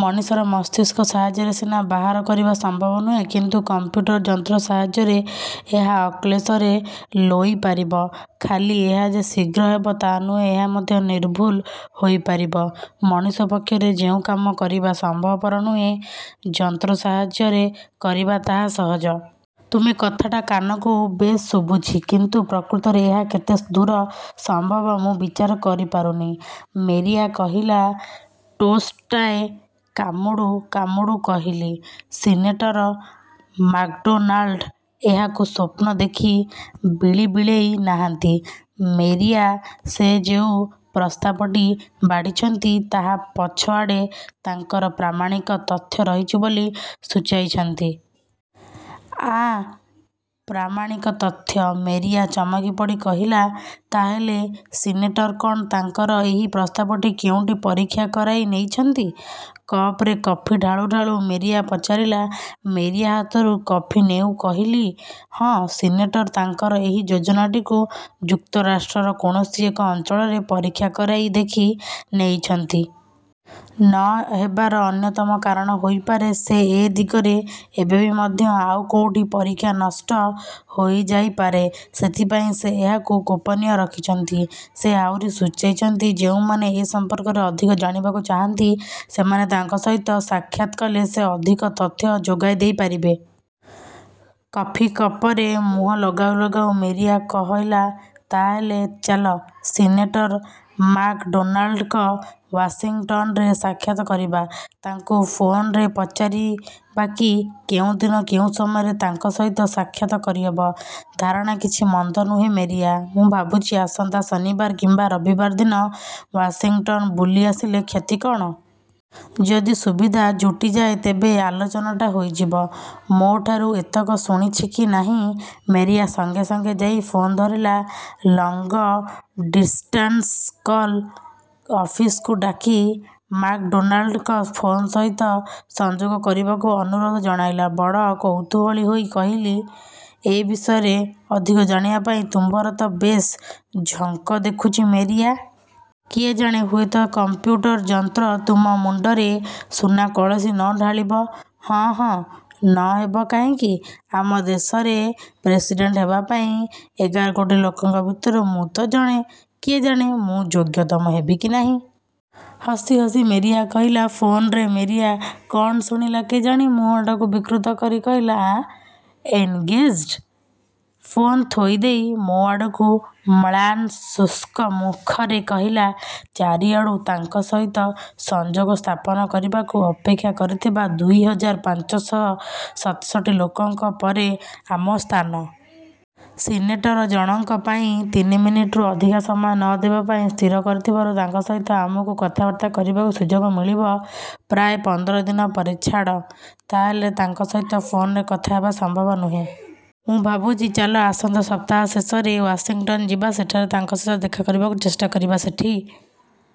ମଣିଷର ମସ୍ତିଷ୍କ ସାହାଯ୍ୟରେ ସିନା ବାହାର କରିବା ସମ୍ଭବ ନୁହେଁ କିନ୍ତୁ କଂପ୍ୟୁଟର ଯନ୍ତ୍ର ସାହାଯ୍ୟରେ ଏହା ଅକ୍ଳେଶରେ ଲୋଇପାରିବ। ଖାଲି ଏହା ଯେ ଶୀଘ୍ର ହେବ ତା'ନୁହେଁ, ଏହା ମଧ୍ୟ ନିର୍ଭୁଲ ହୋଇପାରିବ। ମଣିଷ ପକ୍ଷରେ ଯେଉଁ କାମ କରିବା ସମ୍ଭବପର ନୁହେଁ ଯନ୍ତ୍ର ସାହାଯ୍ୟରେ କରିବା ତାହା ସହଜ। ତୁମେ କଥାଟା କାନକୁ ବେଶ ଶୁଭୁଛି, କିନ୍ତୁ ପ୍ରକୃତରେ ଏହା କେତେ ଦୂର ସମ୍ଭବ ମୁଁ ବିଚାର କରିପାରୁନି ମେରିଆ କହିଲା ଟୋଷ୍ଟଟାଏ କାମୁଡ଼ୁ କାମୁଡ଼ୁ କହିଲି, ସିନେଟର ମାକ୍ଡୋନାଲ୍ଡ ଏହାକୁ ସ୍ୱପ୍ନ ଦେଖି ବିଳିବିଳେଇ ନାହାନ୍ତି ମେରିଆ, ସେ ଯେଉ ପ୍ରସ୍ତାବଟି ବାଢ଼ିଛନ୍ତି, ତାହା ପଛଆଡ଼େ ତାଙ୍କର ପ୍ରାମାଣିକ ତଥ୍ୟ ରହିଛି ବୋଲି ସୁଚାଇଛନ୍ତି? ଆଁ, ପ୍ରାମାଣିକ ତଥ୍ୟ? ମେରିଆ ଚମକି ପଡ଼ି କହିଲା ତାହେଲେ ସିନେଟର୍ କ'ଣ ତାଙ୍କର ଏହି ପ୍ରସ୍ତାବଟି କେଉଁଠି ପରୀକ୍ଷା କରାଇ ନେଇଛନ୍ତି? କପରେ କଫି ଢାଳୁ ଢାଳୁ ମେରିଆ ପଚାରିଲା। ମେରିଆ ହାତରୁ କଫି ନେଉ କହିଲି, ହଁ ସିନେଟର ତାଙ୍କର ଏହି ଯୋଜନାଟିକୁ ଯୁକ୍ତରାଷ୍ଟ୍ରର କୌଣସି ଏକ ଅଞ୍ଚଳରେ ପରୀକ୍ଷା କରାଇ ଦେଖି ନେଇଛନ୍ତି। ନ ହେବାର ଅନ୍ୟତମକାରଣ ହୋଇପାରେ, ସେ ଏ ଦିଗରେ ଏବେବି ମଧ୍ୟ ଆଉ କେଉଁଠି ପରୀକ୍ଷା ନଷ୍ଟ ହୋଇଯାଇପାରେ, ସେଥିପାଇଁ ସେ ଏହାକୁ ଗୋପନୀୟ ରଖିଛନ୍ତି। ସେ ଆହୁରି ସୂଚାଇଛନ୍ତି, ଯେଉଁମାନେ ଏ ସମ୍ପର୍କରେ ଅଧିକ ଜାଣିବାକୁ ଚାହାନ୍ତି, ସେମାନେ ତାଙ୍କ ସହିତ ସାକ୍ଷାତ କଲେ, ସେ ଅଧିକ ତଥ୍ୟ ଯୋଗାଇ ଦେଇପାରିବେ। କଫି କପରେ ମୁହଁ ଲଗାଉ ଲଗାଉ ମେରିଆ କହଲା ତାହେଲେ ଚାଲ ସିନେଟର ମାକଡୋନାଲ୍ଡଙ୍କ ୱାସିଙ୍ଗଟନରେ ସାକ୍ଷାତ କରିବା। ତାଙ୍କୁ ଫୋନରେ ପଚାରିବାକି କେଉଁ ଦିନ କେଉଁ ସମୟରେ ତାଙ୍କ ସହିତ ସାକ୍ଷାତ କରି ହେବ? ଧାରଣା କିଛି ମନ୍ଦ ନୁହେଁ ମେରିଆ। ମୁଁ ଭାବୁଛି ଆସନ୍ତା ଶନିବାର କିମ୍ବା ରବିବାର ଦିନ ୱାସିଙ୍ଗଟନ୍ ବୁଲି ଆସିଲେ କ୍ଷତି କ'ଣ? ଯଦି ସୁବିଧା ଜୁଟିଯାଏ ତେବେ ଆଲୋଚନାଟା ହୋଇଯିବ। ମୋଠାରୁ ଏତକ ଶୁଣିଛି କି ନାହିଁ ମେରିଆ ସଙ୍ଗେ ସଙ୍ଗେ ଯାଇ ଫୋନ ଧରିଲା, ଲଙ୍ଗ ଡିଷ୍ଟାନସ୍ କଲ୍ ଅଫିସକୁ ଡାକି ମାକଡୋନାଲ୍ଡଙ୍କ ଫୋନ ସହିତ ସଂଯୋଗ କରିବାକୁ ଆନୁରୋଧ ଜଣାଇଲା। ବଡ଼ କୌତୂହଳୀ ହୋଇ କହିଲି, 'ଏ ବିଷୟରେ ଅଧିକ ଜାଣିବା ପାଇଁ ତୁମର ତ ବେଶ୍ ଝଙ୍କ ଦେଖୁଛି ମେରିଆ। କିଏ ଜାଣେ ହୁଏତ କଂପ୍ୟୁଟର ଯନ୍ତ୍ର ତୁମ ମୁଣ୍ଡରେ ସୁନା କଳସୀ ନ ଢାଳିବ ହଁ, ହଁ, ନ ହେବ କାହିଁକି? ଆମ ଦେଶରେ ପ୍ରେସିଡେଣ୍ଟ୍ ହେବା ପାଇଁ ଏଗାର କୋଟି ଲୋକଙ୍କ ଭିତରୁ ମୁଁ ତ ଜଣେ। କିଏ ଜାଣେ, ମୁଁ ଯୋଗ୍ୟତମ ହେବି କି ନାହିଁ? ହସି ହସି ମେରିଆ କହିଲା। ଫୋନରେ ମେରିଆ କଣ ଶୁଣିଲା କେଜାଣି ମୁହଁଟାକୁ ବିକୃତ କରି କହିଲା, ଆଁ ଏନଗେଜଡ୍? ଫୋନ ଥୋଇ ଦେଇ ମୋ ଆଡ଼କୁ ମ୍ଳାନ ଶୁଷ୍କ ମୁଖରେ କହିଲା, ଚାରିଆଡ଼ୁ ତାଙ୍କ ସହିତ ସଂଯୋଗ ସ୍ଥାପନ କରିବାକୁ ଅପେକ୍ଷା କରିଥିବା ଦୁଇ ହଜାର, ପାଞ୍ଚଷହ ସତଷଠି ଲୋକଙ୍କ ପରେ ଆମ ସ୍ଥାନ। ସିନେଟର ଜଣଙ୍କ ପାଇଁ ତିନି ମିନିଟ୍ ରୁ ଅଧିକା ସମୟ ନ ଦେବା ପାଇଁ ସ୍ଥିର କରିଥିବାରୁ ତାଙ୍କ ସହିତ ଆମକୁ କଥାବାର୍ତ୍ତା କରିବାକୁ ସୁଯୋଗ ମିଳିବ ପ୍ରାୟ ପନ୍ଦର ଦିନ ପରେ। ଛାଡ଼, ତାହେଲେ ତାଙ୍କ ସହିତ ଫୋନରେ କଥା ହେବା ସମ୍ଭବ ନୁହେଁ। ମୁଁ ଭାବୁଛି, ଚାଲ ଆସନ୍ତା ସପ୍ତାହ ଶେଷରେ ୱାସିଙ୍ଗଟନ୍ ଯିବା। ସେଠାରେ ତାଙ୍କ ସହିତ ଦେଖା କରିବାକୁ ଚେଷ୍ଟା କରିବା ସେଠି